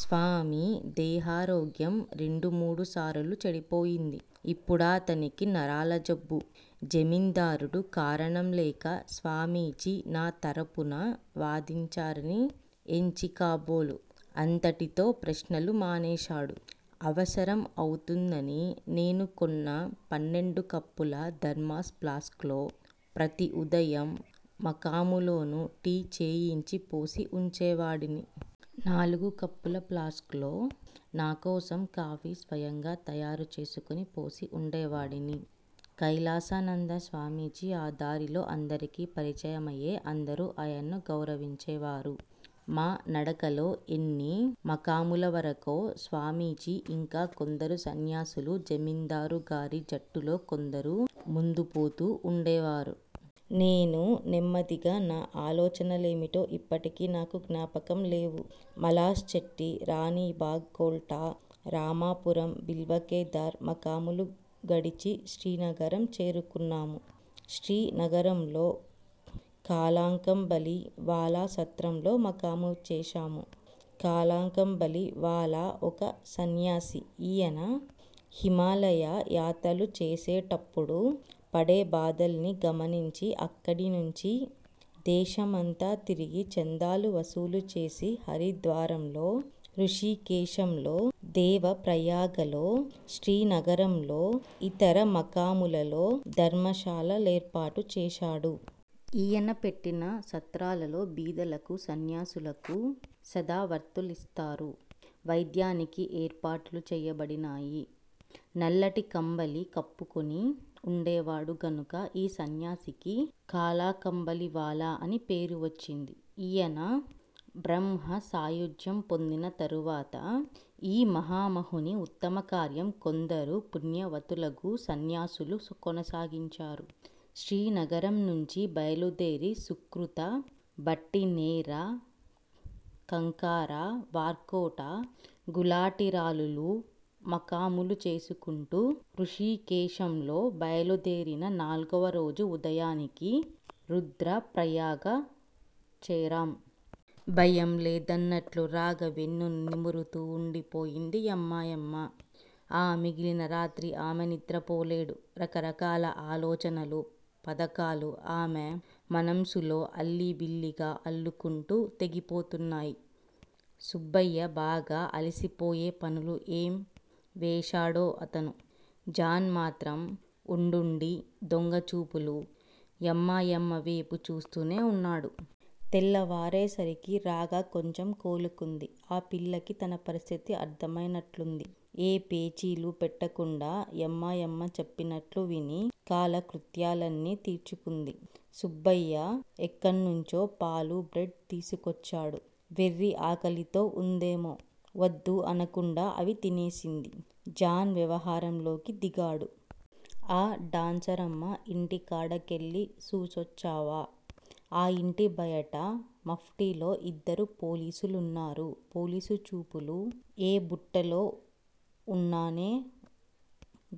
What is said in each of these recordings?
స్వామి: దేహారోగ్యం రెండుమూడుసారులు చెడిపోయింది. ఇప్పుడాతనికి నరాల జబ్బు. జమీందారుడు, కారణంలేక స్వామీజీ నా తరపున వాదించరని ఎంచి కాబోలు అంతటితో ప్రశ్నలు మానేశాడు. అవసరం అవుతుందని నేను కొన్న పన్నెండు కప్పుల ధర్మాస్ ప్లాస్క్ లో ప్రతి ఉదయ మకాములోనూ టీ చేయించి పోసి ఉంచేవాడిని. నాలుగు కప్పుల ప్లాస్క్ లో, నా కోసం కాఫీ స్వయంగా తయారుచేసుకొని పోసి ఉంచేవాడిని. కైలాసానంద స్వామీజీ ఆ దారిలో అందరికి పరిచయయే అందరు ఆయన్ను గౌరవించేవారు. మా నడకలో ఎన్ని మకాములవరకో స్వామీజీ ఇంకా కొందరు సన్యాసులూ, జమీందారుగారి జట్టులో కొందరూ ముందుపోతూ ఉండేవారు. నేను నెమ్మదిగా నా ఆలోచన లేమిటో ఇప్పటికే నాకు జ్ఞాపకం లేవు. మలాస్ చట్టీ, రాణీబాగ్, కొల్టా, రామాపురం, బిల్వకేదార్ మకాములు గడిచి శ్రీనగరం చేరుకున్నాము. శ్రీనగరంలో కాలాకంబళీ వాలా సత్రంలో మకాము చేశాము. కలాకంబళీవాలా ఒక సన్యాసి. ఈయన హిమాలయ యాతలు చేసేటప్పుడు పడేభాదల్ని గమనించి, అక్కడినుంచి దేశమంతా తిరిగి చందాలు వసూలుచేసి, హరిద్వారంలో, హృషీకేశంలో, దేవప్రయాగలో, శ్రీనగరంలో, ఇతర మకాములలో ధర్మశాల లేర్పాటు చేశాడు. ఈయన పెట్టించిన సత్రాలలో బీదలకు, సన్యాసులకు సదావర్తులిస్తారు. వైద్యానికీ ఏర్పాటులు చేయబడినాయి. నల్లటి కంబళీ కప్పుకుని ఉండేవాడు గనుక ఈ సన్యాసికి కాలాకంబళీవాలా అని పేరు వచ్చింది. ఈయన బ్రహ్మసాయుజ్యం పొందిన తరువాత, ఈ మహామహుని ఉత్తమకార్యం కొందరు పుణ్యవంతులగు సన్యాసులు కొనసాగించారు. శ్రీనగరంనుంచి బయలుదేరి సుకృత, భట్టినేర, కంకార, వార్కోట, గులాటిరాలులు మకాములు చేసుకుంటూ హృషీకేశంలో బయలుదేరిన నాల్గవరోజు ఉదయానికి రుద్రప్రయాగచేరాం. భయం లేదన్నట్లు రాగ వెన్నుని నిమురుతూ వుండిపోయింది యమ్మాయమ్మ ఆ మిగిలిన రాత్రి ఆమె నిద్ర పోలేడు. రకరకాల ఆలోచనలు పధకాలు ఆమె మనమ్సులో అల్లిబిల్లిగా అల్లుకుంటూ తెగిపోతున్నాయి. సుబ్బయ్య బాగా అలిసిపోయే పనులు ఏం వేశాడో అతను. జాన్ మాత్రం వుండుండి దొంగచూపులు యమ్మాయమ్మ వేపు చూస్తూనే వున్నాడు. తెల్లావారే సరిగి రాగ కొంచెం కోలుకుంది. ఆ పిల్లకి తన పరిస్థితి అర్ధమైనట్లుంది. ఏ పేచీలు పెట్టకుండా యమ్మాయమ్మ చెప్పినట్లు విని కాలకృత్యాలన్ని తీర్చుకుంది. సుబ్బయ్య ఎక్కడ్నుంచో పాలు బ్రెడ్ తీసుకొచ్చాడు. వెర్రి ఆకలితో వుందేమో వద్దు అనకుండా అవి తినేసింది. జాన్ వ్యవహారంలోకి దిగాడు. ఆ డాన్సరమ్మ ఇంటికాడకెళ్ళి సూసోచ్చావా? ఆ! ఇంటి బయట మఫ్టిలో యిద్దరూ పోలీసులున్నారు పోలీసుచూపులు ఏ బుట్టలో వున్నానే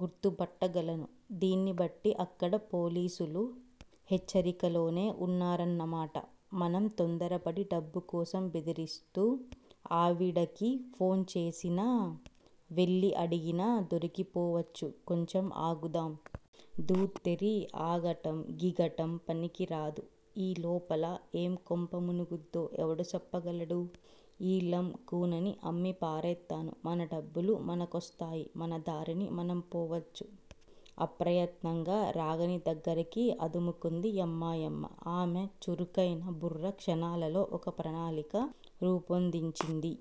గుర్తుపట్టగలను. దీన్ని బట్టి అక్కడ పోలీసులు హెచ్చరికలోనే వున్నారన్నమాట. మనం తొందరపడి డబ్బు కోసం బెదిరిస్తూ ఆవిడకి ఫోన్ చేసినా, వెళ్ళీ అడిగినా దొరికిపోవచ్చు కొంచెం ఆగుదాం. ధూత్తేరి! ఆగటం గిగటం పనికి రాదు. ఈ లోపల ఏం కొంప మునుగుద్దో ఎవడు సేప్పగలడు? ఈ లం కూనని అమ్మి పారేత్తాను. మన డబ్బులు మనకొస్తాయి. మనదారిని మనం పోవచ్చు. ఆప్రయత్నంగా రాగని దగ్గరికి అదుముకుంది యమ్మాయమ్మ ఆమె చురుకైన బుర్ర క్షణాలలో ఒక ప్రణాళిక రూపొందించింది.